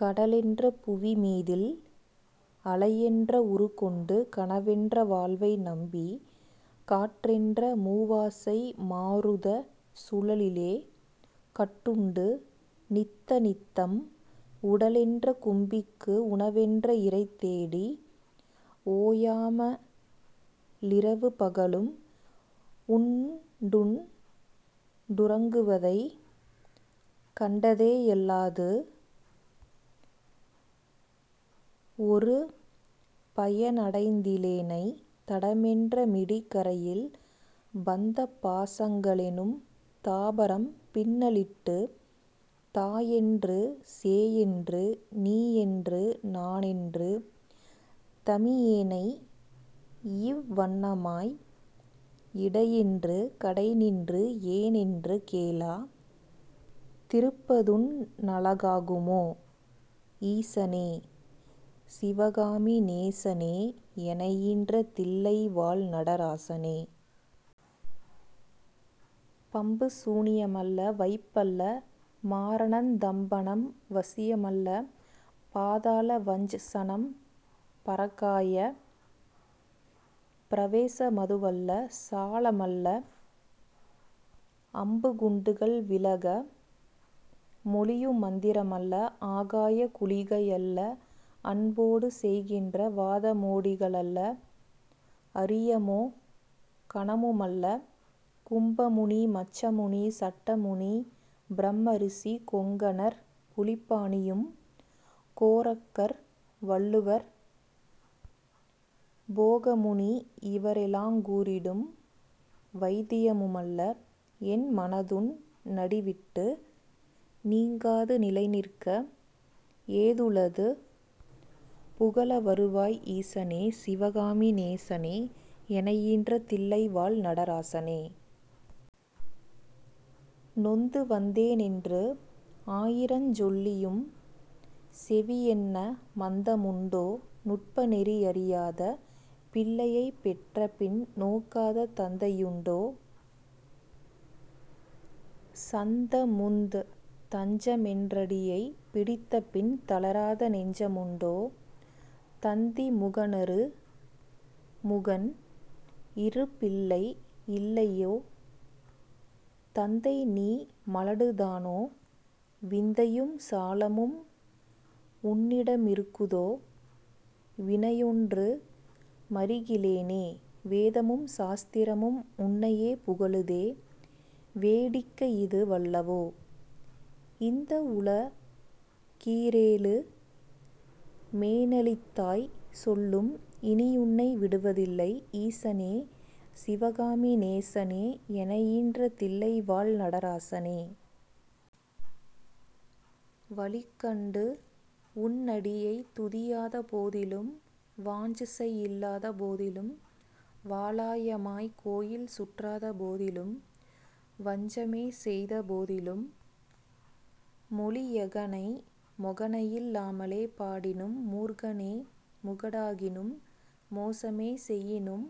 கடலென்ற புவிமீதில் அலையென்றவுரு கொண்டு கனவென்ற வாழ்வைநம்பிக், காற்றென்ற மூவாசை மாருதச் சுழலிலே கட்டுண்டு நித்த நித்தம், உடலென்ற கும்பிக்கு உணவென்ற இரைதேடி ஓயாமலிரவு பகலும், உண்டுண் டுறங்குவதைக் கண்டதேயல்லாது ஒருபயனடைந்திலேனைத், தடமென்ற மிடிகரையில் பந்தபாசங்களெனும் தாபரம் பின்னலிட்டுத், தாயென்று சேயென்று நீயென்று நானென்று தமியேனை யிவ்வண்ணமாய் இடையென்று கடைநின்று ஏனென்று கேளா திருப்பதுன் னழகாகுமோ, ஈசனே சிவகாமி நேசனே யெனையீன்ற தில்லைவாழ் நடராசனே. பம்புசூனியமல்ல வைப்பல்ல மாரணந் தம்பனம் வசியமல்ல, பாதாள வஞ்ஜசனம் பரகாயப் பிரவேச மதுவல்ல சாலமல்ல, அம்பு குண்டுகள் விலக மொழியுமந்திரமல்ல ஆகாய குளிகையல்ல, அன்போடு செய்கின்ற வாதமோடிகளல்ல, அரியமோ கனமுமல்ல, கும்பமுனி மச்சமுனி சட்டமுனி பிரம்மரிசி, கொங்கணர் புலிப்பாணியும், கோரக்கர் வள்ளுவர் போகமுனியிவரெலாங் கூறிடும் வைத்தியமுமல்ல, என்மனதுன் னடிவிட்டு நீங்காது நிலைநிற்க ஏதுளது புகலவருவாய் ஈசனே சிவகாமி நேசனே யெனையீன்ற தில்லைவாழ் நடராசனே. நொந்துவந்தேனென்று ஆயிரஞ் சொல்லியும் செவியென்ன மந்தமுண்டோ, நுட்பநெறி யறியாத பிள்ளையைப் பெற்ற பின் நோக்காத தந்தையுண்டோ, சந்தமுந் தஞ்சமென்றடியைப் பிடித்தபின் தளராத நெஞ்சமுண்டோ, தந்திமுகனறு முகன் இருபிள்ளை யில்லையோ தந்தைநீ மலடுதானோ, விந்தையும் சாலமும் உன்னிடமிருக்குதோ வினையொன்று மறிகிலேனே, வேதமும் சாஸ்திரமும் உன்னையே புகழுதே வேடிக்கையிது வல்லவோ, இந்தவுல கீரேழு மேனளித்தாய் சொல்லும் இனியுன்னை விடுவதில்லை, ஈசனே சிவகாமி நேசனே யெனையீன்ற தில்லைவாழ் நடராசனே. வழிகண்டு உன்னடியைத் துதியாத போதிலும் வாஞ்ஜசை யில்லாத போதிலும், வாலாயமாய்க் கோயில் சுற்றாத போதிலும் வஞ்சமே செய்த போதிலும், மொழியெகனை மொகனையில் லாமலே பாடினும் மூர்க்கனே முகடாகினும், மோசமே செய்யினும்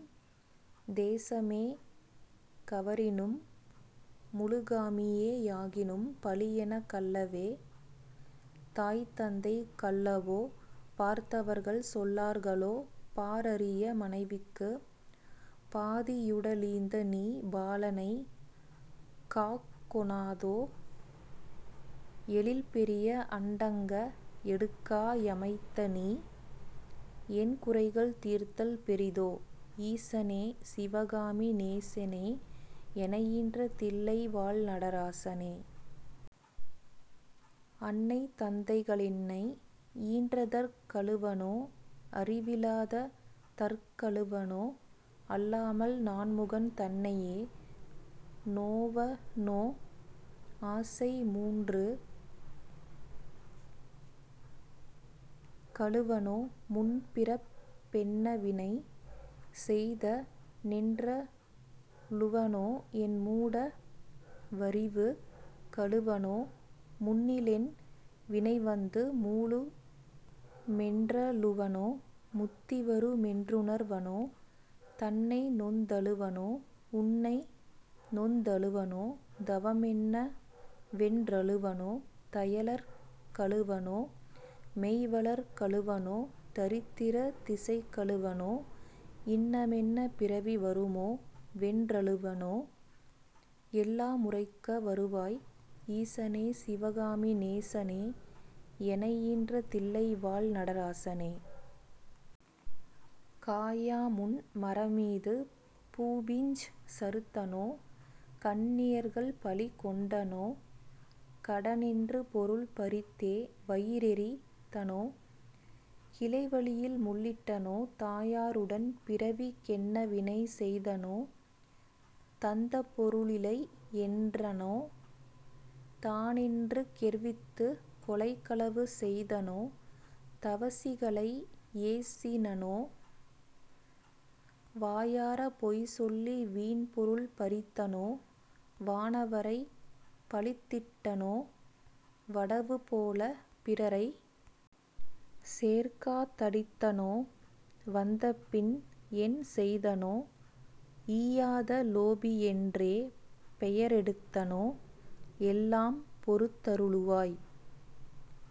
தேசமேகவரினும் முழுகாமியே யாகினும், பழியெனக் கல்லவே தாய்தந்தைக் கல்லவோ பார்த்தவர்கள் சொல்லார்களோ, பாரறிய மனைவிக்குப் பாதியுடலீந்த நீ பாலனைக் காக்கொணாதோ, எழில்பெரிய அண்டங்க ளடுக்கா யமைத்தநீ யென்குறைகள் தீர்த்தல் பெரிதோ, ஈசனே சிவகாமி நேசனே யெனையீன்ற தில்லைவாழ் நடராசனே. அன்னை தந்தைக ளென்னை யீன்றதற் கழுவனோ அறிவிலாத தற்கழுவனோ, அல்லாமல் நான்முகன் தன்னையே நோவனோ ஆசை மூன்றுக் கழுவனோ, முன்பிறப் பென்னவினை செய்த னென்றழுவனோ என்மூட வறிவுக் கழுவனோ, முன்னிலென் வினைவந்து மூளுமென்றழுவனோ முத்திவரு மென்றுணர்வனோ, தன்னைநொந் தழுவனோ உன்னை நொந்தழு வனோ தவமென்ன வென்றழுவனோ, தையலர்க் கழுவனோ மெய்வளர்க் கழுவனோ தரித்திர திசைக்கழுவனோ, இன்னமென்னப் பிறவி வருமோ வென்றழு வனோ யெல்லாமுரைக்க வருவாய், ஈசனே சிவகாமி நேசனே யெனையீன்ற தில்லைவாழ் நடராசனே. காயாமுன் மரமீது பூபிஞ் சறுத்தனோ கன்னியர்கள் பழிகொண்டனோ, கடனென்று பொருள் பறித்தே வயிறெறித் தனோ கிளைவழியில் முள்ளிட்டனோ, தாயாருடன் பிறவிக் கென்னவினை செய்தனோ, தந்தபொரு ளிலையென்றனோ, தானென்று கெர்வித்துக் கொலைகளவு செய்தனோ தவசிகளை யேசினனோ, வாயாரப் பொய்சொல்லி வீண்பொருள் பறித்தனோ, வானவரைப் பழித்திட்டனோ, வடவுபோலப் பிறரைச் சேர்க்கா தடித்தனோ வந்தபின் என் செய்தனோ, ஈயாத லோபியென்றே பெயரெடுத்தனோ எல்லாம் பொறுத்தருளுவாய்,